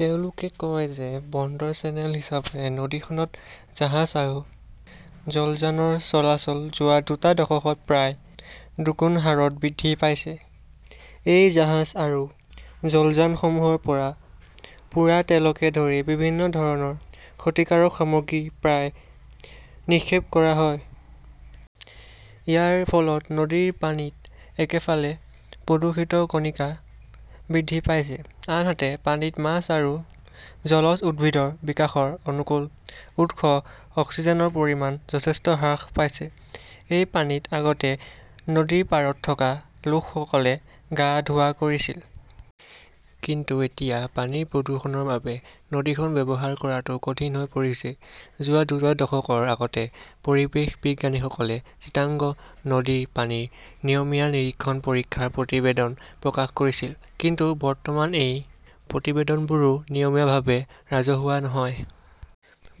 তেওঁলোকে কয় যে বন্দৰ চেনেল হিচাপে নদীখনত জাহাজ আৰু জলযানৰ চলাচল যোৱা দুটা দশকত প্ৰায় দুগুণ হাৰত বৃদ্ধি পাইছে। এই জাহাজ আৰু জলযানসমূহৰ পৰা পোৰা তেলকে ধৰি বিভিন্ন ধৰণৰ ক্ষতিকাৰক সামগ্ৰী প্ৰায়ে নিক্ষেপ কৰা হয়। ইয়াৰ ফলত নদীৰ পানীত একেফালে প্ৰদূষিত কণিকা বৃদ্ধি পাইছে, আনহাতে পানীত মাছ আৰু জলজ উদ্ভিদৰ বিকাশৰ অনুকূল উৎস অক্সিজেনৰ পৰিমাণ যথেষ্ট হ্ৰাস পাইছে। এই পানীত আগতে নদীৰ পাৰত থকা লোকসকলে গা ধোৱা কৰিছিল। কিন্তু এতিয়া পানীৰ প্ৰদূষণৰ বাবে নদীখন ব্যৱহাৰ কৰাটো কঠিন হৈ পৰিছে। যোৱা দুটা দশকৰ আগতে পৰিৱেশ বিজ্ঞানীসকলে চিটাঙগ নদীৰ পানীৰ নিয়মীয়া নিৰীক্ষণ পৰীক্ষাৰ প্ৰতিবেদন প্ৰকাশ কৰিছিল। কিন্তু বৰ্তমান এই প্ৰতিবেদনবোৰো নিয়মীয়াভাৱে ৰাজহুৱা নহয়।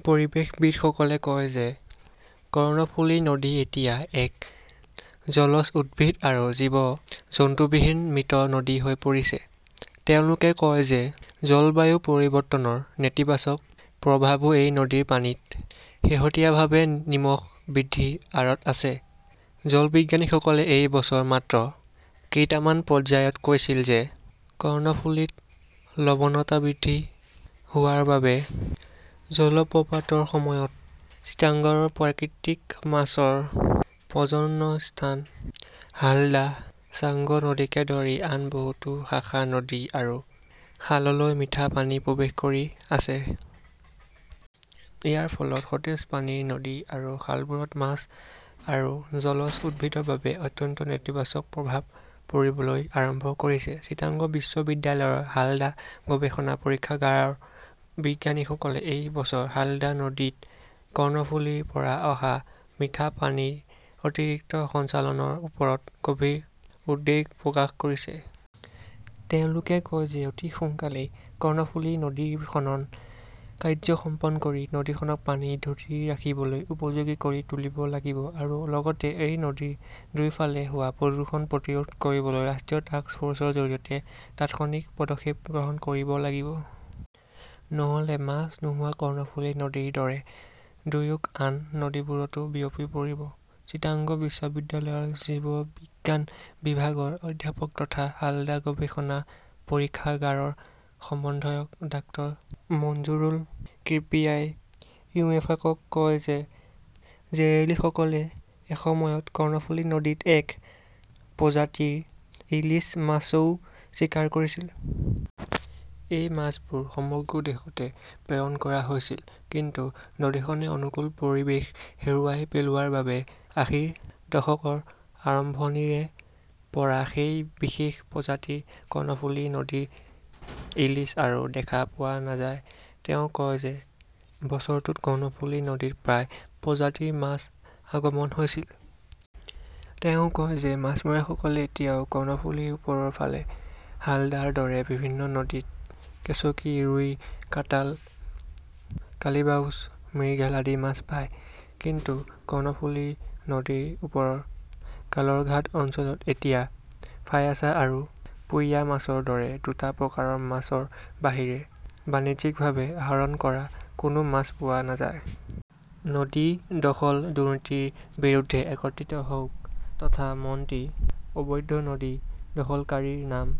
পৰিৱেশবিদসকলে কয় যে কৰ্ণফুলি নদী এতিয়া এক জলজ উদ্ভিদ আৰু জীৱ-জন্তুবিহীন মৃত নদী হৈ পৰিছে। তেওঁলোকে কয় যে জলবায়ু পৰিৱৰ্তনৰ নেতিবাচক প্ৰভাৱো এই নদীৰ পানীত শেহতীয়াভাৱে নিমখ বৃদ্ধিৰ আঁৰত আছে। জলবিজ্ঞানীসকলে এই বছৰ মাত্ৰ কেইটামান পৰ্যায়ত কৈছিল যে কৰ্ণফুলীত লৱণতা বৃদ্ধি হোৱাৰ বাবে জলপ্ৰপাতৰ সময়ত চিটাঙগৰ প্ৰাকৃতিক মাছৰ প্ৰজনন স্থান হালদা, ছাংগু নদীকে ধৰি আন বহুতো শাখা নদী আৰু খাললৈ মিঠা পানী প্ৰৱেশ কৰি আছে। ইয়াৰ ফলত সতেজ পানীৰ নদী আৰু খালবোৰত মাছ আৰু জলজ উদ্ভিদৰ বাবে অত্যন্ত নেতিবাচক প্ৰভাৱ পৰিবলৈ আৰম্ভ কৰিছে। চিটাঙগ বিশ্ববিদ্যালয়ৰ হালদা গৱেষণা পৰীক্ষাগাৰৰ বিজ্ঞানীসকলে এই বছৰ হালদা নদীত কৰ্ণফুলিৰ পৰা অহা মিঠা পানীৰ অতিৰিক্ত সঞ্চালনৰ ওপৰত গভীৰ উদ্বেগ প্ৰকাশ কৰিছে। তেওঁলোকে কয় যে অতি সোনকালেই কৰ্ণফুলি নদীৰ খনন কাৰ্য্য সম্পন্ কৰি নদীখনক পানী ধৰি ৰাখিবলৈ উপযোগী কৰি তুলিব লাগিব আৰু লগতে এই নদীৰ দুয়োফালে হোৱা প্ৰদূষণ প্ৰতিৰোধ কৰিবলৈ ৰাষ্ট্ৰীয় টাস্ক ফৰ্চৰ জৰিয়তে তাৎক্ষণিক পদক্ষেপ গ্ৰহণ কৰিব লাগিব। নহ'লে মাছ নোহোৱা কৰ্ণফুলি নদীৰ দৰে দুয়োগ আন নদীবোৰতো বিয়পি পৰিব। চিটাঙগ বিশ্ববিদ্যালয়ৰ জীৱবিজ্ঞান বিভাগৰ অধ্যাপক তথা হালদা গৱেষণা পৰীক্ষাগাৰৰ সমন্বয়ক ডাঃ মঞ্জুৰুল কিব্ৰিয়াই ইউফাকক কয় যে জেলেৰীসকলে এসময়ত কৰ্ণফুলি নদীত এক প্ৰজাতিৰ ইলিছ মাছও চিকাৰ কৰিছিল। এই মাছবোৰ সমগ্ৰ দেশতে প্ৰেৰণ কৰা হৈছিল। কিন্তু নদীখনে অনুকূল পৰিৱেশ হেৰুৱাই পেলোৱাৰ বাবে আশীৰ দশকৰ আৰম্ভণিৰে পৰা সেই বিশেষ প্ৰজাতিৰ কৰ্ণফুলি নদীৰ ইলিছ আৰু দেখা পোৱা নাযায়। তেওঁ কয় যে বছৰটোত কৰ্ণফুলি নদীত প্ৰায় প্ৰজাতিৰ মাছৰ আগমন হৈছিল। তেওঁ কয় যে মাছমৰীয়াসকলে এতিয়াও কৰ্ণফুলিৰ ওপৰৰ ফালে হালদাৰ দৰে বিভিন্ন নদীত কেচকি, ৰুই, কাটাল, কালিবাউছ, মিৰ্গেল আদি মাছ পায়। কিন্তু কৰ্ণফুলি নদীৰ ওপৰৰ কালৰঘাট অঞ্চলত এতিয়া ফায়াছা আৰু পোয়া মাছৰ দৰে দুটা প্ৰকাৰৰ মাছৰ বাহিৰে বাণিজ্যিকভাৱে আহৰণ কৰা কোনো মাছ পোৱা নাযায়। নদী দখল-দুৰ্নীতিৰ বিৰুদ্ধে একত্ৰিত হওক । তথ্য মন্ত্ৰী অবৈধ নদী দখলকাৰীৰ নাম